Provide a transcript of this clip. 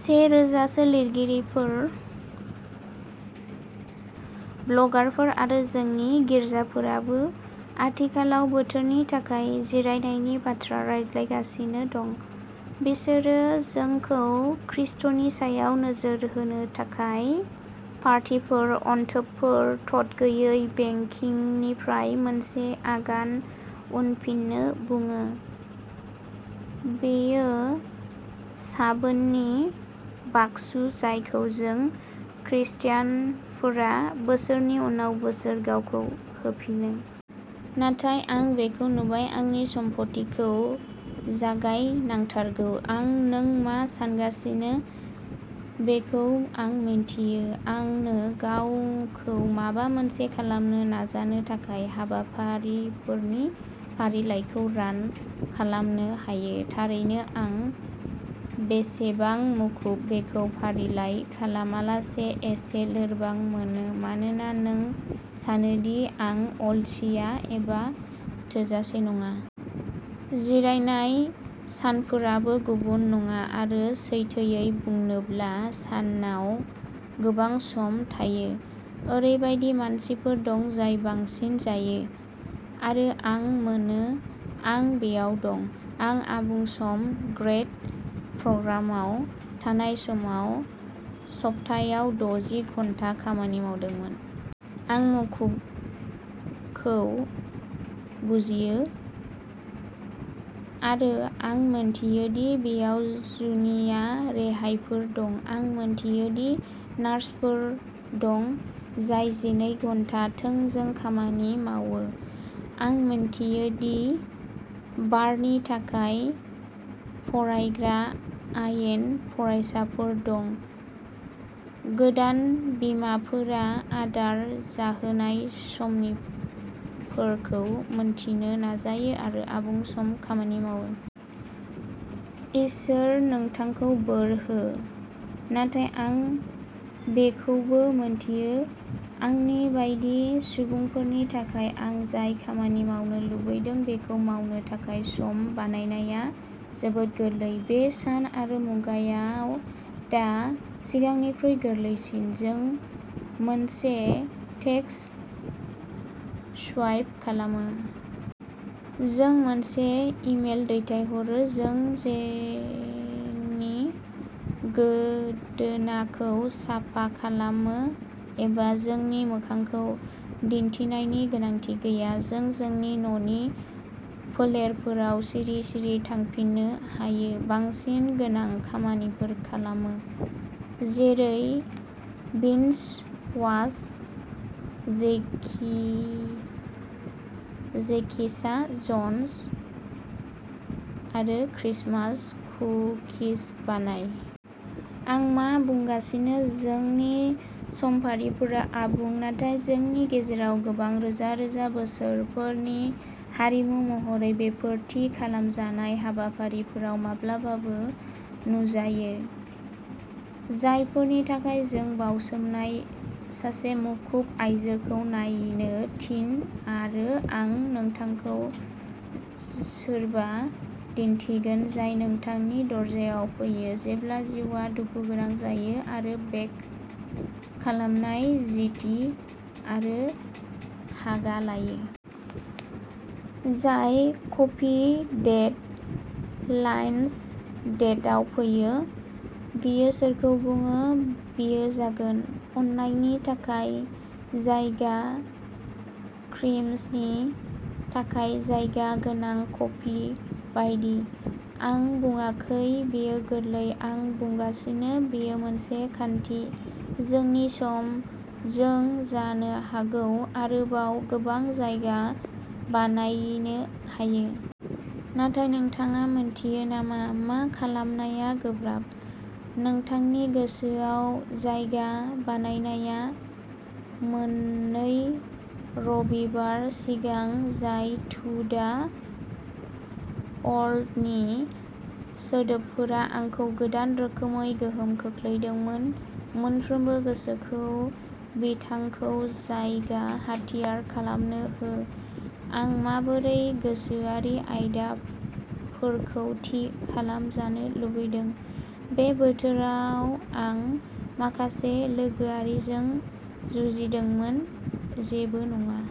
से रोजा सो लिरगिरिफोर, ब्लगारफोर आरो जोंनि गिरजाफोराबो आथिखालाव बोथोरनि थाखाय जिरायनायनि बाथ्रा रायज्लायगासिनो दं। बिसोरो जोंखौ ख्रिस्ट’नि सायाव नोजोर होनो थाखाय पार्टीफोर, अनथोबफोर, थाद'यै बेकिंनिफ्राय मोनसे आगान उनफिननो बुङो। बेयो साबोननि बाक्सु जायखौ जों ख्रिस्टानफोरा बोसोरनि उनाव बोसोर गावखौ होफिनो। नाथाय आं बेखौ नुबाय। आंनि सफ्मथिखौ जागाय नांथारगौ। आं नों मा सानगासिनो बेखौ आं मिथियो। आं नो गावखौ माबा मोनसे खालामनो नाजानो थाखाय हाबाफारिफोरनि फारिलाइखौ रान खालामनो हायो। थारैनो आं बेसेबां मुखुब बेखौ फारिलाइ खालामालासे एसे लोरबां मोनो मानोना नों सानो दि आं अलसिया एबा थोजासे नङा। जिरायनाय सानफोराबो गुबुन नङा। आरो सैथोयै बुंनोब्ला सानाव गोबां सम थायो। ओरैबायदि मानसिफोर दं जाय बांसिन जायो। आरो आं मोनो। आं बेयाव दं। आं आबुं सम ग्रेद प्रग्रामाव थानाय समाव सप्तायाव दजि घन्टा खामानि मावदोंमोन। आं मुखुबखौ बुजियो। आरो आं मिथियो दि बेयाव जुनिया रेहायफोर दं। आं मिथियो दि नार्सफोर दं जाय जिनै घन्टा थोंजों खामानि मावो। आं मिथियो दि बारनि थाखाय फरायग्रा आयेन फरायसाफोर दं। गोदान बिमाफोरा आदार जाहोनाय समनिफोरखौ मिन्थिनो नाजायो आरो आबुं-सम खामानि मावो। इसोर नोंथांखौ बोर हो। नाथाय आं बेखौबो मोन्थियो आंनि बायदि सुबुंफोरनि थाखाय आं जाय खामानि मावनो लुबैदों बेखौ मावनो थाखाय सम बानायनाया जोबोद गोरलै। बे सान आरो मुगायाव दा सिगांनिख्रुइ गोरलैसिन। जों मोनसे टेक्स सुवाइप खालामो। जों मोनसे इमेल दैथायहरो। जों जोंनि गोदोनाखौ साफा खालामनो एबा जोंनि मोखांखौ दिन्थिनायनि गोनांथि गैया। जों जोंनि न'नि फोलेरफोराव सिरि-सिरि थांफिननो हायो बांसिन गोनां खामानिफोर खालामनो। जेरै बिन्ज वाच जेकि जेकिसा जन्स। आरो क्रिसमास कुकिज बानाय। आं मा बुंगासिनो, जोंनि समफारिफोरा आबुं। नाथाय जोंनि गेजेराव गोबां, रोजा-रोजा बोसोरफोरनि हारिमु महरै, बेफोर थि खालामजानाय हाबाफारिफोराव माब्लाबासो नुजायो, जायफोरनि थाखाय जों बाउसोमनाय। सासे मुखुब आयजोखौ नायनो थिन आरो आं नोंथांखौ सोरबा दिन्थिगोन जाय नोंथांनि दरजायाव फैयो जेब्ला जिउआ दुखुगोनां जायो आरो बेक खालामनाय जिटि आरो हागा लायो। जाय कफि डेट, लान्स डेटआव फैयो। बियो सोरखौ बुङो बियो जागोन, अननायनि थाखाय जायगा, क्रिमनि थाखाय जायगा गोनां कफिस बायदि। आं बुङाखै बेयो गोरलै। आं बुंगासिनो बेयो मोनसे खान्थि। जोंनि सम, जों जानो हागौ आरोबाव गोबां जायगा बानायनो हायो। नाथाय, नोंथाङा मोन्थियो नामा मा खालामनाया गोब्राब? नोंथांनि गोसोआव जायगा बानायनाया। मोननै रबिबार सिगां, जाय टु दा वर्ल्डनि सोदोबफोरा आंखौ गोदान रोखोमै गोहोम खोख्लैदोंमोन। मोनफ्रोमबो गोसोखौ बिथांखौ जायगा हाथियार खालामनो हो। आं माबोरै गोसोआरि आयदाफोरखौ थि खालामजानो लुबैदों। बे बोथोराव आं माखासे लोगोआरिजों जुजिदोंमोन। जेबो नङा।